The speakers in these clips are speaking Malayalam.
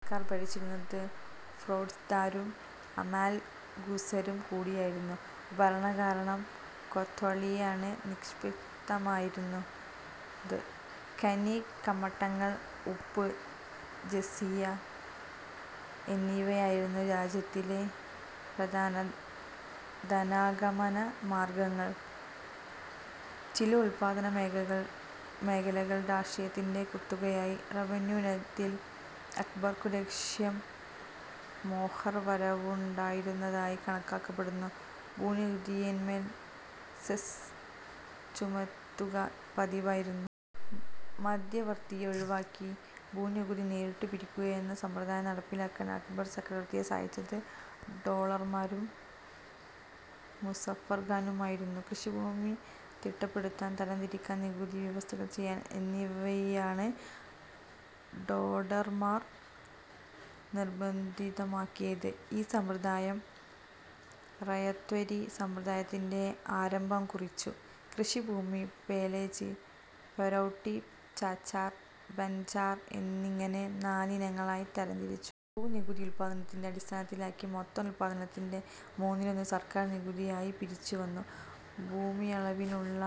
സർക്കാർ ഭരിച്ചിരുന്നത് ഫൌജ്ദാരും അമാൽ ഗുസരും കൂടിയായിരുന്നു. നഗരഭരണം കൊത്ത്വാളിലാണ് നിക്ഷിപ്തമായിരുന്നത്. ഖനി, കമ്മട്ടങ്ങൾ, ഉപ്പ്, ജസിയ എന്നിവയായിരുന്നു രാജ്യത്തിലെ പ്രധാന ധനാഗമന മാർഗങ്ങൾ. ചില ഉത്പാദനമേഖലകൾ രാഷ്ട്രത്തിന്റെ കുത്തകയായി. റവന്യൂ ഇനത്തിൽ അക്ബർക്കു ലക്ഷം മോഹർ വരവുണ്ടായിരുന്നതായി കണക്കാക്കപ്പെടുന്നു. ഭൂനികുതിയിന്മേൽ 'സെസ്സ്' ചുമത്തുക പതിവായിരുന്നു. മധ്യവർത്തിയെ ഒഴിവാക്കി ഭൂനികുതി നേരിട്ടു പിരിക്കുകയെന്ന സമ്പ്രദായം നടപ്പിലാക്കാൻ അക്ബർ ചക്രവർത്തിയെ സഹായിച്ചത് ടോഡർമാളും മുസഫർഖാനുമായിരുന്നു. കൃഷിഭൂമി തിട്ടപ്പെടുത്തൽ, തരംതിരിക്കൽ, നികുതി വ്യവസ്ഥ ചെയ്യൽ എന്നിവയാണ് ടോഡർമാൾ നിർബന്ധിതമാക്കിയത്. ഈ സമ്പ്രദായം 'റയത്ത്വാരി' സമ്പ്രദായത്തിന്റെ ആരംഭം കുറിച്ചു. കൃഷിഭൂമി 'പോലാജ്'; 'പരൌട്ടി'; 'ചച്ചാർ' ബൻജാർ എന്നിങ്ങനെ നാലിനങ്ങളായി തരംതിരിച്ചു. ഭൂനികുതി ഉത്പാദനത്തിന്റെ അടിസ്ഥാനത്തിലാക്കി. മൊത്തം ഉത്പാദനത്തിന്റെ മൂന്നിലൊന്ന് സർക്കാർ നികുതിയായി പിരിച്ചുവന്നു. ഭൂമിയളവിനുള്ള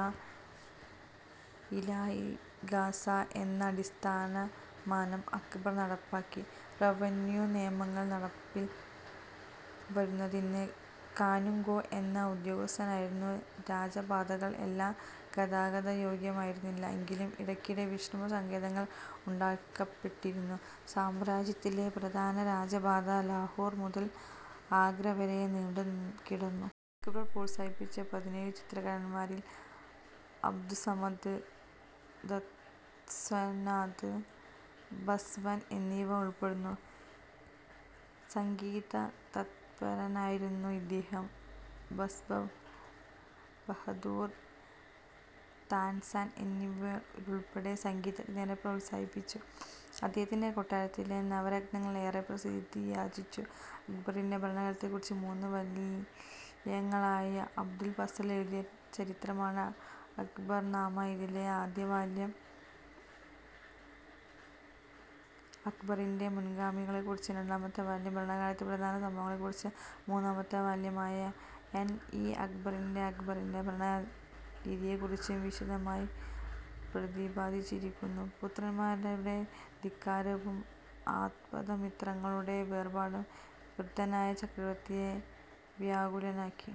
'ഇലാഹിഗാസ' എന്ന അടിസ്ഥാനമാനം അക്ബർ നടപ്പാക്കി. റവന്യൂ നിയമങ്ങൾ നടപ്പിൽ വരുത്തിയിരുന്നത് 'കനുംഗോ' എന്ന ഉദ്യോഗസ്ഥനായിരുന്നു. രാജപാതകൾ എല്ലാം ഗതാഗതയോഗ്യമായിരുന്നില്ല. എങ്കിലും ഇടയ്ക്കിടെ വിശ്രമസങ്കേതങ്ങൾ ഉണ്ടാക്കപ്പെട്ടിരുന്നു. സാമ്രാജ്യത്തിലെ പ്രധാന രാജപാത ലാഹോർ മുതൽ ആഗ്രവരെ നീണ്ടുകിടന്നു. അക്ബർ പ്രോത്സാഹിപ്പിച്ച പതിനേഴു ചിത്രകാരന്മാരിൽ അബ്ദുസ്സമദ്, ദസ്വനാഥ്, ബസവൻ എന്നിവർ ഉൾപ്പെടുന്നു. സംഗീതതത്പരനായിരുന്ന ഇദ്ദേഹം ബസ്ബഹദൂർ, താൻസൻ എന്നിവരുൾപ്പെടെ സംഗീതജ്ഞരെ പ്രോത്സാഹിപ്പിച്ചു. അദ്ദേഹത്തിന്റെ കൊട്ടാരത്തിലെ നവരത്നങ്ങൾ ഏറെ പ്രസിദ്ധിയാർജിച്ചു: അക്ബറിന്റെ ഭരണകാലത്തെക്കുറിച്ച് മൂന്നു വാല്യങ്ങളിലായി അബുൾ ഫസൽ, എഴുതിയ ചരിത്രമാണ് അക്ബർ നാമ. ഇതിലെ ആദ്യവാല്യം അക്ബറിന്റെ മുൻഗാമികളെക്കുറിച്ചും രണ്ടാമത്തെ വാല്യം ഭരണകാലത്തെ പ്രധാന സംഭവങ്ങളെക്കുറിച്ചും, മൂന്നാമത്തെ വാല്യമായ ഐൻ ഇ അക്ബറിയിൽ അക്ബറിന്റെ ഭരണരീതിയെക്കുറിച്ചും വിശദമായി പ്രതിപാദിച്ചിരിക്കുന്നു പുത്രന്മാരുടെ ധിക്കാരവും ആപ്തമിത്രങ്ങളുടെ വേർപാടും വൃദ്ധനായ ചക്രവർത്തിയെ വ്യാകുലനാക്കി.